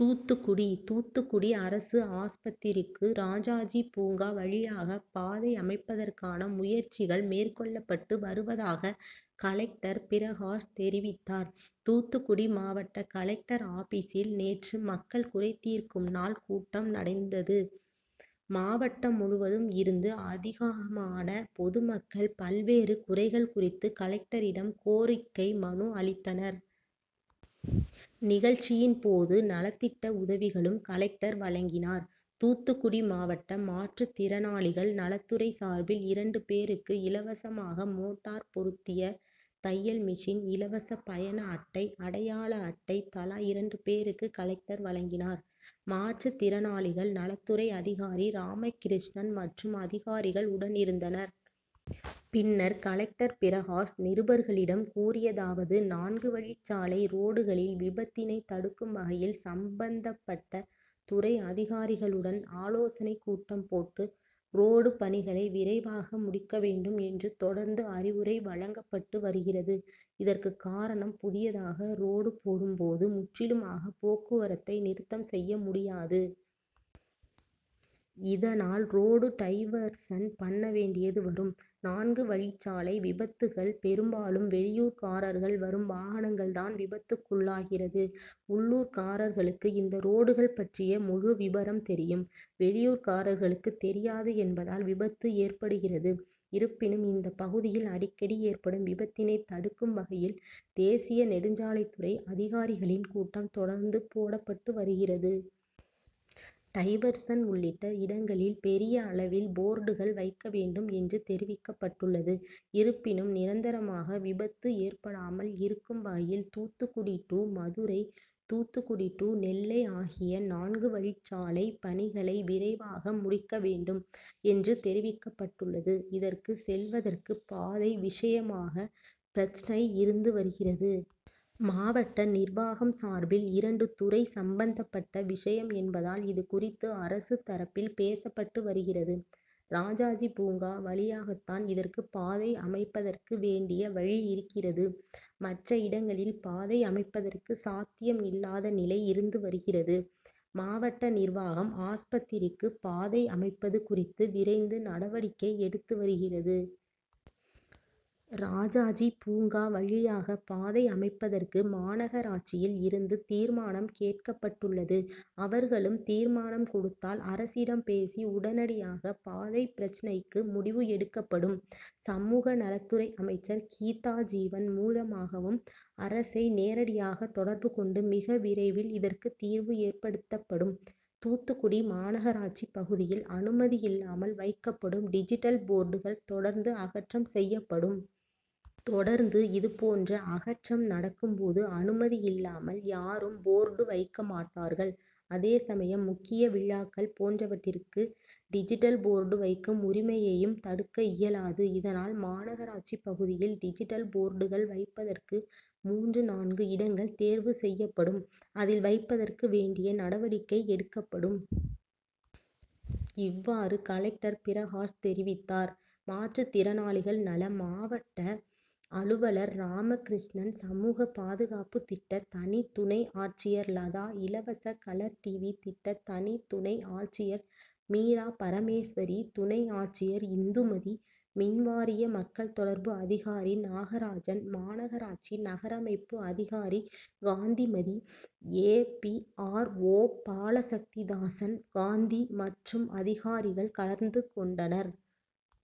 தூத்துக்குடி: தூத்துக்குடி அரசு ஆஸ்பத்திரிக்கு ராஜாஜி பூங்கா வழியாக பாதை அமைப்பதற்கான முயற்சிகள் மேற்கொள்ளப்பட்டு வருவதாக கலெக்டர் பிரகாஷ் தெரிவித்தார். தூத்துக்குடி மாவட்ட கலெக்டர் ஆபிசில் நேற்று மக்கள் குறைதீர்க்கும் நாள் கூட்டம் நடந்தது. மாவட்டம் முழுவதும் இருந்து அதிகமான பொதுமக்கள் பல்வேறு குறைகள் குறித்து கலெக்டரிடம் கோரிக்கை மனு அளித்தனர். நிகழ்ச்சியின் போது நலத்திட்ட உதவிகளும் கலெக்டர் வழங்கினார். தூத்துக்குடி மாவட்ட மாற்றுதிறனாளிகள் நலத்துறை சார்பில் இரண்டு பேருக்கு இலவசமாக மோட்டார் பொருத்திய தையல் மிஷின், இலவச பயண அட்டை, அடையாள அட்டை தலா இரண்டு பேருக்கு கலெக்டர் வழங்கினார். மாற்றுத்திறனாளிகள் நலத்துறை அதிகாரி ராமகிருஷ்ணன் மற்றும் அதிகாரிகள் உடனிருந்தனர். பின்னர் கலெக்டர் பிரகாஷ் நிருபர்களிடம் கூறியதாவது நான்குவழிச்சாலை ரோடுகளில் விபத்தினை தடுக்கும் வகையில் சம்பந்தப்பட்ட துறை அதிகாரிகளுடன் ஆலோசனைக் கூட்டம் போட்டு, ரோடு பணிகளை விரைவாக முடிக்க வேண்டும் என்று தொடர்ந்து அறிவுரை வழங்கப்பட்டு வருகிறது. இதற்கு காரணம் புதியதாக ரோடு போடும் போது முற்றிலுமாக போக்குவரத்தை நிறுத்தம் செய்ய முடியாது. இதனால் ரோடு டைவர்சன் பண்ண வேண்டியது வரும். நான்கு வழிச்சாலை விபத்துகள் பெரும்பாலும் வெளியூர்காரர்கள் வரும் வாகனங்கள் தான் விபத்துக்குள்ளாகிறது. உள்ளூர்காரர்களுக்கு இந்த ரோடுகள் பற்றிய முழு விபரம் தெரியும். வெளியூர்காரர்களுக்கு தெரியாது என்பதால் விபத்து ஏற்படுகிறது. இருப்பினும் இந்த பகுதியில் அடிக்கடி ஏற்படும் விபத்தினை தடுக்கும் வகையில் தேசிய நெடுஞ்சாலைத்துறை அதிகாரிகளின் கூட்டம் தொடர்ந்து போடப்பட்டு வருகிறது. டைவர்சன் உள்ளிட்ட இடங்களில் பெரிய அளவில் போர்டுகள் வைக்க வேண்டும் என்று தெரிவிக்கப்பட்டுள்ளது. இருப்பினும் நிரந்தரமாக விபத்து ஏற்படாமல் இருக்கும் வகையில் தூத்துக்குடி டூ மதுரை, தூத்துக்குடி டூ நெல்லை ஆகிய நான்கு வழிச்சாலை பணிகளை விரைவாக முடிக்க வேண்டும் என்று தெரிவிக்கப்பட்டுள்ளது. இதற்கு செல்வதற்கு பாதை விஷயமாக பிரச்னை இருந்து வருகிறது. மாவட்ட நிர்வாகம் சார்பில் இரண்டு துறை சம்பந்தபட்ட விஷயம் என்பதால் இது குறித்து அரசு தரப்பில் பேசப்பட்டு வருகிறது. ராஜாஜி பூங்கா வழியாகத்தான் இதற்கு பாதை அமைப்பதற்கு வேண்டிய வழி இருக்கிறது. மற்ற இடங்களில் பாதை அமைப்பதற்கு சாத்தியம் இல்லாத நிலை இருந்து வருகிறது. மாவட்ட நிர்வாகம் ஆஸ்பத்திரிக்கு பாதை அமைப்பது குறித்து விரைந்து நடவடிக்கை எடுத்து வருகிறது. ராஜாஜி பூங்கா வழியாக பாதை அமைப்பதற்கு மாநகராட்சியில் இருந்து தீர்மானம் கேட்கப்பட்டுள்ளது. அவர்களும் தீர்மானம் கொடுத்தால் அரசிடம் பேசி உடனடியாக பாதை பிரச்னைக்கு முடிவு எடுக்கப்படும். சமூகநலத்துறை அமைச்சர் கீதாஜீவன் மூலமாகவும் அரசை நேரடியாக தொடர்பு கொண்டு மிக விரைவில் இதற்கு தீர்வு ஏற்படுத்தப்படும். தூத்துக்குடி மாநகராட்சி பகுதியில் அனுமதி இல்லாமல் வைக்கப்படும் டிஜிட்டல் போர்டுகள் தொடர்ந்து அகற்றம் செய்யப்படும். தொடர்ந்து இதுபோன்ற அகற்றம் நடக்கும் போது அனுமதி இல்லாமல் யாரும் போர்டு வைக்கமாட்டார்கள். அதே சமயம் முக்கிய விழாக்கள் போன்றவற்றிற்கு டிஜிட்டல் போர்டு வைக்கும் உரிமையையும் தடுக்க இயலாது. இதனால் மாநகராட்சி பகுதியில் டிஜிட்டல் போர்டுகள் வைப்பதற்கு மூன்று நான்கு இடங்கள் தேர்வு செய்யப்படும் அதில் வைப்பதற்கு வேண்டிய நடவடிக்கை எடுக்கப்படும். இவ்வாறு கலெக்டர் பிரகாஷ் தெரிவித்தார். மாற்றுதிறனாளிகள் நல மாவட்ட அலுவலர் ராமகிருஷ்ணன், சமூக பாதுகாப்பு திட்ட தனி துணை ஆட்சியர் லதா, இலவச கலர்டிவி திட்ட தனி துணை ஆட்சியர் மீராபரமேஸ்வரி, துணை ஆட்சியர் இந்துமதி, மின்வாரிய மக்கள் தொடர்பு அதிகாரி நாகராஜன், மாநகராட்சி நகரமைப்பு அதிகாரி Gandhimathi, A. P. R. O Balasakthidasan, Gandhi மற்றும் அதிகாரிகள் கலந்து கொண்டனர்.